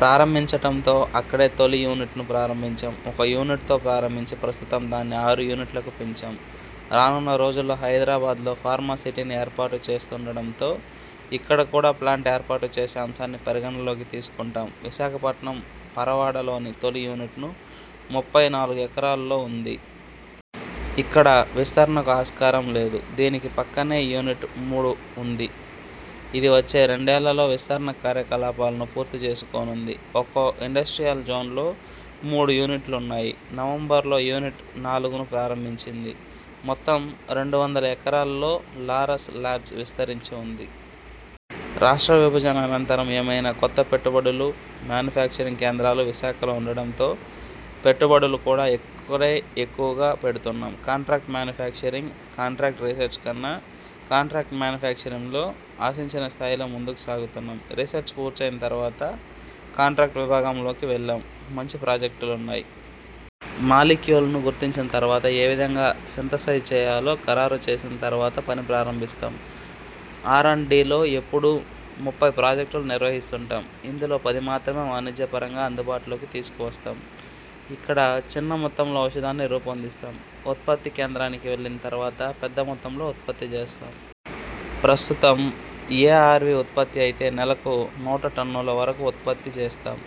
ప్రారంభించటంతో అక్కడే తొలి యూనిట్ను ప్రారంభించాం. ఒక యూనిట్తో ప్రారంభించి ప్రస్తుతం దాన్ని ఆరు యూనిట్లకు పెంచాం. రానున్న రోజుల్లో హైదరాబాద్లో ఫార్మా సిటీని ఏర్పాటు చేస్తుండటంతో ఇక్కడ కూడా ప్లాంట్ ఏర్పాటు చేసే అంశాన్ని పరిగణనలోకి తీసుకుంటాం. విశాఖపట్నం పరవాడలో తొలి యూనిట్ను ముప్పై నాలుగు ఎకరాల్లో ఉంది. ఇక్కడ విస్తరణకు ఆస్కారం లేదు. దీనికి పక్కనే యూనిట్ మూడు ఉంది. ఇది వచ్చే రెండేళ్లలో విస్తరణ కార్యకలాపాలను పూర్తి చేసుకోనుంది. ఒక్కో ఇండస్ట్రియల్ జోన్లో మూడు యూనిట్లున్నాయి. నవంబరులో యూనిట్ నాలుగును ప్రారంభించింది. మొత్తం రెండు వందల ఎకరాల్లో లారస్ లాబ్స్ విస్తరించి ఉంది. రాష్ట్ర విభజన అనంతరం ఏమైనా కొత్త పెట్టుబడులు? మాన్యుఫ్యాక్చరింగ్ కేంద్రాలు విశాఖలో ఉండటంతో పెట్టుబడులు కూడా అక్కడే ఎక్కువగా పెడుతున్నాం. Contract manufacturing? కాంట్రాక్ట్ రీసెర్చ్ కన్నా కాంట్రాక్ట్ మాన్యుఫ్యాక్చరింగ్లో ఆశించిన స్థాయిలో ముందుకు సాగుతున్నాం. రీసెర్చ్ పూర్తయిన తర్వాత కాంట్రాక్టు విభాగంలోకి వెళ్లాం. మంచి ప్రాజెక్టులున్నాయి. మాలిక్యూల్ను గుర్తించిన తర్వాత ఏ విధంగా సింథసైజ్ చేయాలో ఖరారు చేసిన తర్వాత పని ప్రారంభిస్తాం. ఆర్ అండ్ డి లో ఎప్పుడు ముప్పై ప్రాజెక్టులు నిర్వహిస్తుంటాం. ఇందులో పది మాత్రమే వాణిజ్యపరంగా అందుబాటులోకి తీసుకువస్తాం. ఇక్కడ చిన్న మొత్తంలో ఔషధాన్ని రూపొందిస్తాం. ఉత్పత్తి కేంద్రానికి వెళ్లిన తర్వాత పెద్ద మొత్తంలో ఉత్పత్తి చేస్తాం. ప్రస్తుతం ఎఆర్వి ఉత్పత్తి అయితే నెలకు నూట టన్నుల వరకు ఉత్పత్తి చేస్తాం.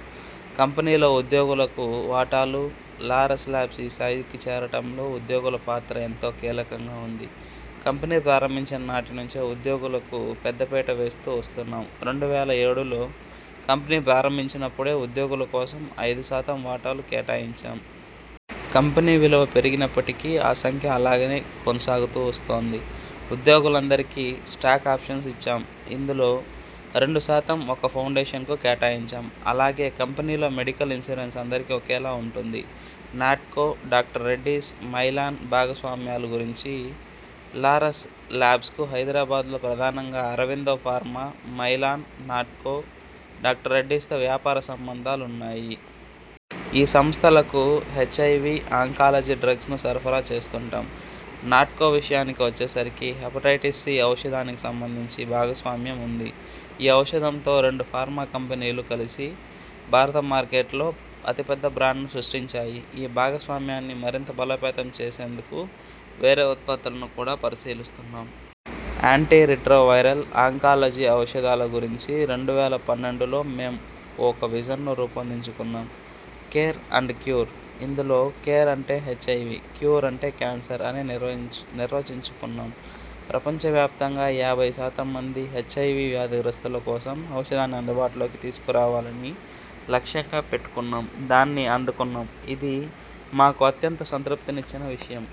కంపెనీలో ఉద్యోగులకు వాటాలు? లారస్ లాబ్స్ ఈ స్థాయికి చేరటంలో ఉద్యోగుల పాత్ర ఎంతో కీలకంగా ఉంది. కంపెనీ ప్రారంభించిన నాటి నుంచే ఉద్యోగులకు పెద్ద పీట వేస్తూ వస్తున్నాం. రెండు వేల ఏడులో కంపెనీ ప్రారంభించినప్పుడే ఉద్యోగుల కోసం ఐదు శాతం వాటాలు కేటాయించాం. కంపెనీ విలువ పెరిగినప్పటికీ ఆ సంఖ్య అలానే కొనసాగుతూ వస్తోంది. ఉద్యోగులందరికీ స్టాక్ ఆప్షన్స్ ఇచ్చాం. ఇందులో రెండు శాతం ఒక ఫౌండేషన్కు కేటాయించాం. అలాగే కంపెనీలో మెడికల్ ఇన్సూరెన్స్ అందరికీ ఒకేలా ఉంటుంది. నాట్కో, డాక్టర్ రెడ్డీస్, మైలాన్ భాగస్వామ్యాల గురించి.. లారస్ లాబ్స్కు హైదరాబాద్లో ప్రధానంగా Aurobindo pharma, Mylan, Natco, doctor Reddy's తో వ్యాపార సంంబంధాలున్నాయి. ఈ సంస్థలకు హెచ్ఐవి, అంకాలజీ డ్రగ్స్ను సరఫరా చేస్తుంటాం. నాట్కో విషయానికి వచ్చేసరికి హెపటైటిస్ సి ఔషధానికి సంబంధించి భాగస్వామ్యం ఉంది. ఈ ఔషధంతో రెండు ఫార్మా కంపెనీలు కలిసి భారత మార్కెట్లో అతిపెద్ద బ్రాండ్ను సృష్టించాయి. ఈ భాగస్వామ్యాన్ని మరింత బలోపేతం చేసేందుకు వేరే ఉత్పత్తులను కూడా పరిశీలిస్తున్నాం. యాంటీ రిట్రోవైరల్, అంకాలజీ ఔషధాల గురించి రెండు వేల పన్నెండులో మేం ఒక విజన్ను రూపొందించుకున్నాం. Care, and cure. ఇందులో కేర్ అంటే హెచ్ఐవి, క్యూర్ అంటే కేన్సర్ అని నిర్వచించుకున్నాం. ప్రపంచవ్యాప్తంగా యాభై శాతం మంది హెచ్ఐవి వ్యాధిగ్రస్తుల కోసం ఔషధాన్ని అందుబాటులోకి తీసుకురావాలని లక్ష్యంగా పెట్టుకున్నాం. దాన్ని అందుకున్నాం. ఇది మాకు అత్యంత సంతృప్తినిచ్చిన విషయం.